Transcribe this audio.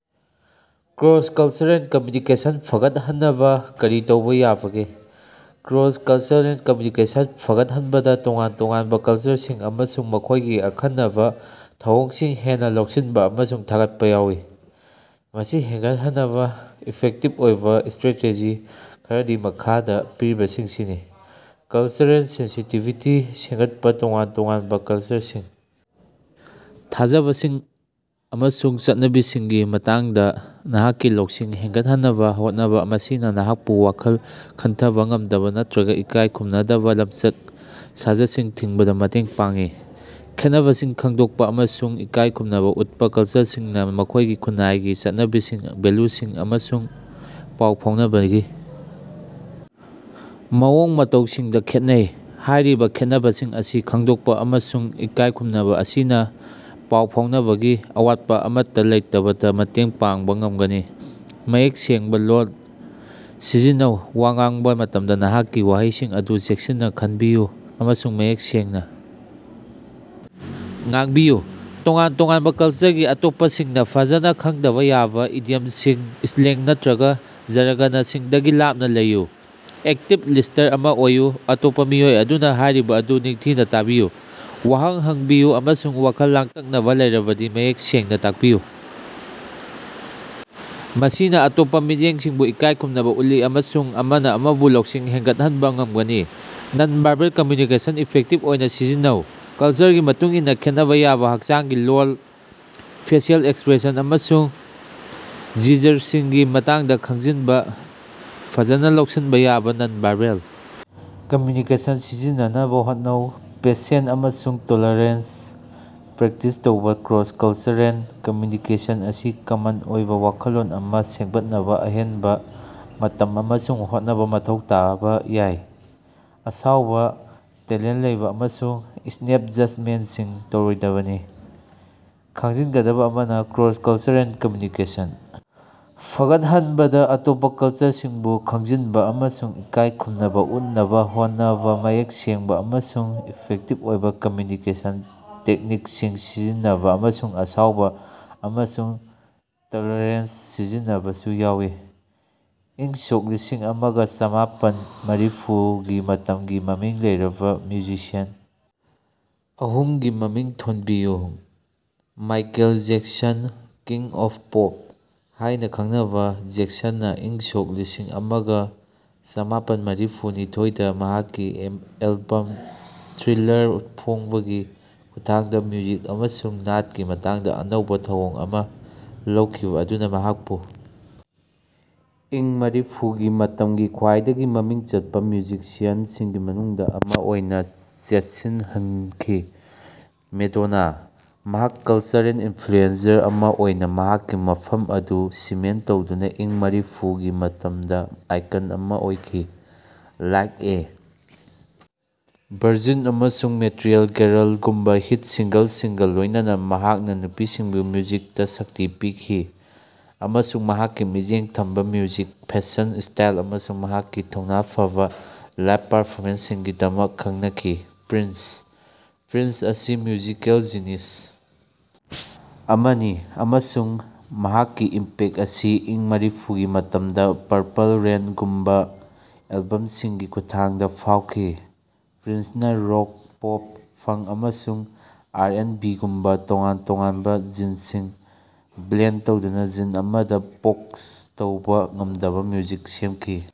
Cross-cultural communication ꯐꯒꯠꯍꯟꯅꯕꯥ ꯀꯔꯤ ꯇꯧꯕ ꯌꯥꯕꯒꯦ? ꯀ꯭ꯔꯣꯁ-ꯀꯜꯆꯔꯦꯜ ꯀꯝꯃ꯭ꯌꯨꯅꯤꯀꯦꯁꯟ ꯐꯥꯒꯠꯍꯟꯕꯗ ꯇꯣꯉꯥꯟ-ꯇꯣꯉꯥꯟꯕ ꯀꯜꯆꯔꯁꯤꯡ ꯑꯃꯁꯨꯡ ꯃꯈꯣꯏꯒꯤ ꯑꯈꯟꯅꯕ ꯊꯧꯑꯣꯡꯁꯤꯡ ꯍꯦꯟꯅ ꯂꯧꯁꯤꯟꯕ ꯑꯃꯁꯨꯡ ꯊꯥꯒꯠꯄꯥ ꯌꯥꯎꯏ꯫ ꯃꯁꯤ ꯍꯦꯉꯠꯍꯟꯅꯕ ꯏꯐꯦꯛꯇꯤꯚ ꯑꯣꯏꯕ ꯁ꯭ꯇꯔꯥꯇꯦꯖꯤ ꯈꯔꯗꯤ ꯃꯈꯥꯗ ꯄꯤꯔꯤꯕꯁꯤꯡꯁꯤꯅꯤ ꯀꯜꯆꯔꯦꯜ ꯁꯦꯟꯁꯤꯇꯤꯚꯤꯇꯤ ꯁꯦꯝꯒꯠꯄ ꯇꯣꯉꯥꯟ-ꯇꯣꯉꯥꯟꯕ ꯀꯜꯆꯔꯁꯤꯡ ꯊꯥꯖꯕꯁꯤꯡ ꯑꯃꯁꯨꯡ ꯆꯠꯅꯕꯤꯁꯤꯡꯒꯤ ꯃꯇꯥꯡꯗ ꯅꯍꯥꯛꯀꯤ ꯂꯧꯁꯤꯡ ꯍꯦꯒꯠꯍꯟꯅꯕꯥ ꯍꯣꯠꯅꯕ꯫ ꯃꯁꯤꯅ ꯅꯍꯥꯛꯄꯨ ꯋꯥꯈꯜ ꯈꯟꯊꯕꯥ ꯉꯝꯗꯕ ꯅꯠꯇꯔꯒ ꯏꯀꯥꯏ ꯈꯨꯝꯅꯗꯕ ꯂꯝꯆꯠ-ꯁꯥꯖꯠꯁꯤꯡ ꯊꯤꯡꯕꯗ ꯃꯇꯦꯡ ꯄꯥꯡꯏ꯫ ꯈꯦꯠꯅꯕꯁꯤꯡ ꯈꯪꯗꯣꯛꯄ ꯑꯃꯁꯨꯡ ꯏꯀꯥꯏꯈꯨꯝꯅꯕ ꯎꯠꯄ ꯀꯜꯆꯔꯁꯤꯡꯅꯥ ꯃꯈꯣꯏꯒꯤ ꯈꯨꯟꯅꯥꯏꯒꯤ ꯆꯠꯅꯕꯤꯁꯤꯡ ꯚꯦꯂꯨꯁꯤꯡ ꯑꯃꯁꯨꯡ ꯄꯥꯎ ꯐꯥꯎꯅꯕꯒꯤ ꯃꯑꯣꯡ ꯃꯇꯧꯁꯤꯡꯗ ꯈꯦꯠꯅꯩ꯫ ꯍꯥꯏꯔꯤꯕ ꯈꯦꯠꯅꯕꯁꯤꯡ ꯑꯁꯤ ꯈꯪꯗꯣꯛꯄ ꯑꯃꯁꯨꯡ ꯏꯀꯥꯏꯈꯨꯝꯅꯕ ꯑꯁꯤꯅ ꯄꯥꯎ ꯐꯥꯎꯅꯕꯒꯤ ꯑꯋꯥꯠꯄ ꯑꯃꯇꯥ ꯂꯩꯇꯕꯗ ꯃꯇꯦꯡ ꯄꯥꯡꯕ ꯉꯝꯒꯅꯤ꯫ ꯃꯌꯦꯛ ꯁꯦꯡꯕ ꯂꯣꯜ ꯁꯤꯖꯤꯟꯅꯧ ꯋꯥ ꯉꯥꯡꯕꯥ ꯃꯇꯝꯗ ꯅꯍꯥꯛꯀꯤ ꯋꯥꯍꯩꯁꯤꯡ ꯑꯗꯨ ꯆꯦꯛꯁꯤꯟꯅ ꯈꯟꯕꯤꯌꯨ ꯑꯃꯁꯨꯡ ꯃꯌꯦꯛ ꯁꯦꯡꯅ ꯉꯥꯡꯕꯤꯌꯨ꯫ ꯇꯣꯉꯥꯟ-ꯇꯣꯉꯥꯟꯕ ꯀꯜꯆꯔꯒꯤ ꯑꯇꯣꯞꯄꯁꯤꯡꯅ ꯐꯖꯅ ꯈꯪꯗꯕ ꯌꯥꯕ ꯏꯗꯤꯌꯝꯁꯤꯡ ꯁ꯭ꯂꯦꯡꯒ ꯅꯠꯇꯔꯒ ꯖꯥꯔꯒꯅꯁꯤꯡꯗꯒꯤ ꯂꯥꯞꯅ ꯂꯩꯌꯨ꯫ ꯑꯦꯛꯇꯤꯕ ꯂꯤꯁ꯭ꯇꯔ ꯑꯃ ꯑꯣꯏꯌꯨ ꯑꯇꯣꯞꯄ ꯃꯤꯑꯣꯏ ꯑꯗꯨꯅꯥ ꯍꯥꯢꯔꯤꯕ ꯑꯗꯨ ꯅꯤꯡꯊꯤꯅ ꯇꯥꯕꯤꯌꯨ ꯋꯥꯍꯪ ꯍꯪꯕꯤꯌꯨ ꯑꯃꯁꯨꯡ ꯋꯥꯈꯜ ꯂꯥꯡꯇꯛꯅꯕ ꯂꯩꯔꯕꯗꯤ ꯃꯌꯦꯛ ꯁꯦꯡꯅ ꯇꯥꯛꯄꯤꯌꯨ꯫ ꯃꯁꯤꯅ ꯑꯇꯣꯞꯄ ꯃꯤꯠꯌꯦꯡꯁꯤꯡꯕꯨ ꯏꯀꯥꯏ ꯈꯨꯝꯅꯕꯥ ꯎꯠꯂꯤ ꯑꯃꯁꯨꯡ ꯑꯃꯅ ꯑꯃꯕꯨ ꯂꯧꯁꯤꯡ ꯍꯦꯉꯠꯍꯟꯕ ꯉꯝꯒꯅꯤ꯫ ꯅꯟ ꯚꯥꯔꯕꯦꯜ ꯀꯝꯃ꯭ꯌꯨꯅꯤꯀꯦꯁꯟ ꯏꯐꯦꯛꯇꯤꯚ ꯑꯣꯏꯅ ꯁꯤꯖꯤꯟꯅꯧ ꯀꯜꯆꯔꯒꯤ ꯃꯇꯨꯡ ꯏꯟꯅꯥ ꯈꯦꯠꯅꯕ ꯌꯥꯕꯥ ꯍꯛꯆꯥꯡꯒꯤ ꯂꯣꯜ ꯐꯦꯁꯤꯑꯦꯜ ꯑꯦꯛꯁꯄ꯭ꯔꯦꯁꯟ ꯑꯃꯁꯨꯡ ꯖꯤꯖꯔꯁꯤꯡꯒꯤ ꯃꯇꯥꯡꯗꯥ ꯈꯪꯖꯤꯟꯕ꯫ ꯐꯖꯅꯥ ꯂꯧꯁꯤꯟꯕ ꯌꯥꯕꯥ ꯅꯟ ꯚꯥꯔꯕꯦꯜ ꯀꯝꯃ꯭ꯌꯨꯅꯤꯀꯦꯁꯟ ꯁꯤꯖꯤꯟꯅꯅꯕ ꯍꯣꯠꯅꯧ꯫ ꯄꯦꯁꯦꯟꯇ ꯑꯃꯁꯨꯡ ꯇꯣꯂꯥꯔꯦꯟꯁ ꯄ꯭ꯔꯦꯛꯇꯤꯁ ꯇꯧꯕ ꯀ꯭ꯔꯣꯁ-ꯀꯜꯆꯔꯦꯜ ꯀꯝꯃ꯭ꯌꯨꯅꯤꯀꯦꯁꯟ ꯑꯁꯤ ꯀꯃꯟ ꯑꯣꯏꯕ ꯋꯥꯈꯜꯂꯣꯟ ꯑꯃꯥ ꯁꯦꯝꯒꯠꯅꯕ ꯑꯍꯦꯟꯕ ꯃꯇꯝ ꯑꯃꯁꯨꯡ ꯍꯣꯠꯅꯕꯥ ꯃꯊꯧ ꯇꯥꯕꯥ ꯌꯥꯏ꯫ ꯑꯁꯥꯎꯕ ꯇꯦꯂꯦꯟꯠ ꯂꯩꯕ ꯑꯃꯁꯨꯡ ꯁ꯭ꯅꯦꯞ ꯖꯁꯃꯦꯟꯁꯤꯡ ꯇꯧꯔꯣꯏꯗꯕꯅꯤ꯫ ꯈꯪꯖꯤꯟꯒꯗꯕ ꯑꯃꯅ ꯀ꯭ꯔꯣꯁ-ꯀꯜꯆꯔꯦꯜ ꯀꯝꯃ꯭ꯌꯨꯅꯤꯀꯦꯁꯟ ꯐꯥꯒꯠꯍꯟꯕꯗ ꯑꯇꯣꯞꯄ ꯀꯜꯆꯔꯁꯤꯡꯕꯨ ꯈꯪꯖꯤꯟꯕꯥ ꯑꯃꯁꯨꯡ ꯏꯀꯥꯏ ꯈꯨꯝꯅꯕ ꯎꯠꯅꯕ ꯍꯣꯠꯅꯕ ꯃꯌꯦꯛ ꯁꯦꯡꯕꯥ ꯑꯃꯁꯨꯡ ꯏꯐꯦꯛꯇꯤꯚ ꯑꯣꯏꯕ ꯀꯝꯃ꯭ꯌꯨꯅꯤꯀꯦꯁꯟ ꯇꯦꯛꯅꯤꯛꯁꯤꯡ ꯁꯤꯖꯤꯟꯅꯕ ꯑꯃꯁꯨꯡ ꯑꯁꯥꯎꯕ ꯑꯃꯁꯨꯡ ꯇꯦꯂꯦꯔꯦꯟꯁ ꯁꯤꯖꯤꯟꯅꯕꯁꯨ ꯌꯥꯎꯏ꯫ ꯏꯪꯁꯣꯛ ꯂꯤꯁꯤꯡ ꯑꯃꯒ ꯆꯥꯃꯥꯄꯟ ꯃꯔꯤꯐꯨ ꯒꯤ ꯃꯇꯝꯒꯤ ꯃꯃꯤꯡ ꯂꯩꯔꯕꯥ ꯃ꯭꯭ꯌꯨꯖꯤꯁꯤꯌꯥꯟ ꯑꯍꯨꯝꯒꯤ ꯃꯃꯤꯡ ꯊꯣꯟꯕꯤꯌꯨ꯫ Michael Jackson king of pop ꯍꯥꯏꯅꯥ ꯈꯪꯅꯕ ꯖꯦꯛꯁꯟꯅꯥ ꯏꯪꯁꯣꯛ ꯂꯤꯁꯤꯡ ꯑꯃꯒ ꯆꯥꯃꯥꯄꯟ ꯃꯔꯤꯐꯨ ꯅꯤꯊꯣꯏ ꯗꯥ ꯃꯍꯥꯛꯀꯤ ꯑꯦꯜꯕꯝ ꯊ꯭꯭ꯔꯤꯂꯥꯔ ꯐꯣꯡꯕꯒꯤ ꯈꯨꯠꯊꯥꯡꯗ ꯃ꯭ꯌꯨꯖꯤꯛ ꯑꯃꯁꯨꯡ ꯅꯥꯠꯀꯤ ꯃꯇꯥꯡꯗ ꯑꯅꯧꯕꯥ ꯊꯧꯑꯣꯡ ꯑꯃ ꯂꯧꯈꯤꯕꯥ ꯑꯗꯨꯅ ꯃꯍꯥꯛꯄꯨ ꯏꯪ ꯃꯔꯤꯐꯨ ꯒꯤ ꯃꯇꯝꯒꯤ ꯈ꯭ꯋꯥꯏꯗꯒꯤ ꯃꯃꯤꯡ ꯆꯠꯄ ꯃ꯭ꯌꯨꯖꯤꯛꯁꯤꯌꯥꯟ ꯁꯤꯡꯒꯤ ꯃꯅꯨꯡꯗ ꯑꯃꯥ ꯑꯣꯏꯅ ꯆꯦꯠꯁꯤꯟꯍꯟꯈꯤ꯫ ꯃꯦꯗꯣꯅꯥ ꯃꯍꯥꯛ ꯀꯜꯆꯔꯦꯜ ꯏꯟꯐ꯭ꯂꯨꯑꯦꯟꯖꯔ ꯑꯃ ꯑꯣꯏꯅ ꯃꯍꯥꯛꯀꯤ ꯃꯐꯝ ꯑꯗꯨ ꯁꯤꯃꯦꯟꯇ ꯇꯧꯗꯨꯅ ꯏꯪ ꯃꯔꯤꯐꯨ ꯒꯤ ꯃꯇꯝꯗ ꯑꯥꯏꯀꯟ ꯑꯃ ꯑꯣꯏꯈꯤ꯫ ꯂꯥꯏꯛ ꯑꯦ ꯚꯔꯖꯤꯟ ꯑꯃꯁꯨꯡ ꯃꯦꯇ꯭ꯔꯤꯑꯦꯜ ꯒꯦꯔꯜ ꯒꯨꯝꯕ ꯍꯤꯠ ꯁꯤꯡꯒꯜꯁꯤꯡꯒ ꯂꯣꯏꯅꯅ ꯃꯍꯥꯛꯅ ꯅꯨꯄꯤꯁꯤꯡꯕꯨ ꯃ꯭ꯌꯨꯖꯤꯛꯇꯥ ꯁꯛꯇꯤ ꯄꯤꯈꯤ ꯑꯃꯁꯨꯡ ꯃꯍꯥꯛꯀꯤ ꯃꯤꯠꯌꯦꯡ ꯊꯝꯕ ꯃ꯭ꯌꯨꯖꯤꯛ ꯐꯦꯁꯟ ꯁ꯭꯭ꯇꯥꯏꯜ ꯑꯃꯁꯨꯡ ꯃꯍꯥꯛꯀꯤ ꯊꯧꯅ ꯐꯥꯕ ꯂꯥ꯭ꯕ‌ꯏ ꯄꯥꯔꯐꯣꯃꯦꯟꯁ ꯁꯤꯡꯒꯤꯗꯃꯛ ꯈꯪꯅꯈꯤ꯫ ꯄ꯭꯭ꯔꯤꯟꯁ ꯄ꯭ꯔꯤꯟꯁ ꯑꯁꯤ ꯃ꯭꯭ꯌꯨꯖꯤꯀꯦꯜ ꯖꯤꯅꯤꯁ ꯑꯃꯅꯤ ꯑꯃꯁꯨꯡ ꯃꯍꯥꯛꯀꯤ ꯏꯝꯄꯦꯛ ꯑꯁꯤ ꯏꯪ ꯃꯔꯤꯐꯨ ꯒꯤ ꯃꯇꯝꯗ ꯄꯥꯔꯄꯜ ꯔꯦꯟ ꯒꯨꯝꯕ ꯑꯦꯜꯕꯝ ꯁꯤꯡꯒꯤ ꯈꯨꯠꯊꯥꯡꯗ ꯐꯥꯎꯈꯤ꯫ ꯄ꯭꯭ꯔꯤꯟꯁꯅꯥ ꯔꯣꯛ ꯄꯣꯞ ꯐꯪ ꯑꯃꯁꯨꯡ ꯑꯥꯔ ꯑꯦꯟꯗ ꯕꯤꯒꯨꯝꯕꯥ ꯇꯣꯉꯥꯟ ꯇꯣꯉꯥꯟꯕ ꯖꯤꯟꯁꯤꯡ ꯕ꯭꯭ꯂꯦꯟ ꯇꯧꯗꯨꯅ ꯖꯤꯟ ꯑꯃꯗ ꯕꯣꯛꯁ ꯇꯧꯕ ꯉꯝꯗꯕ ꯃ꯭ꯌꯨꯖꯤꯛ ꯁꯦꯝꯈꯤ꯫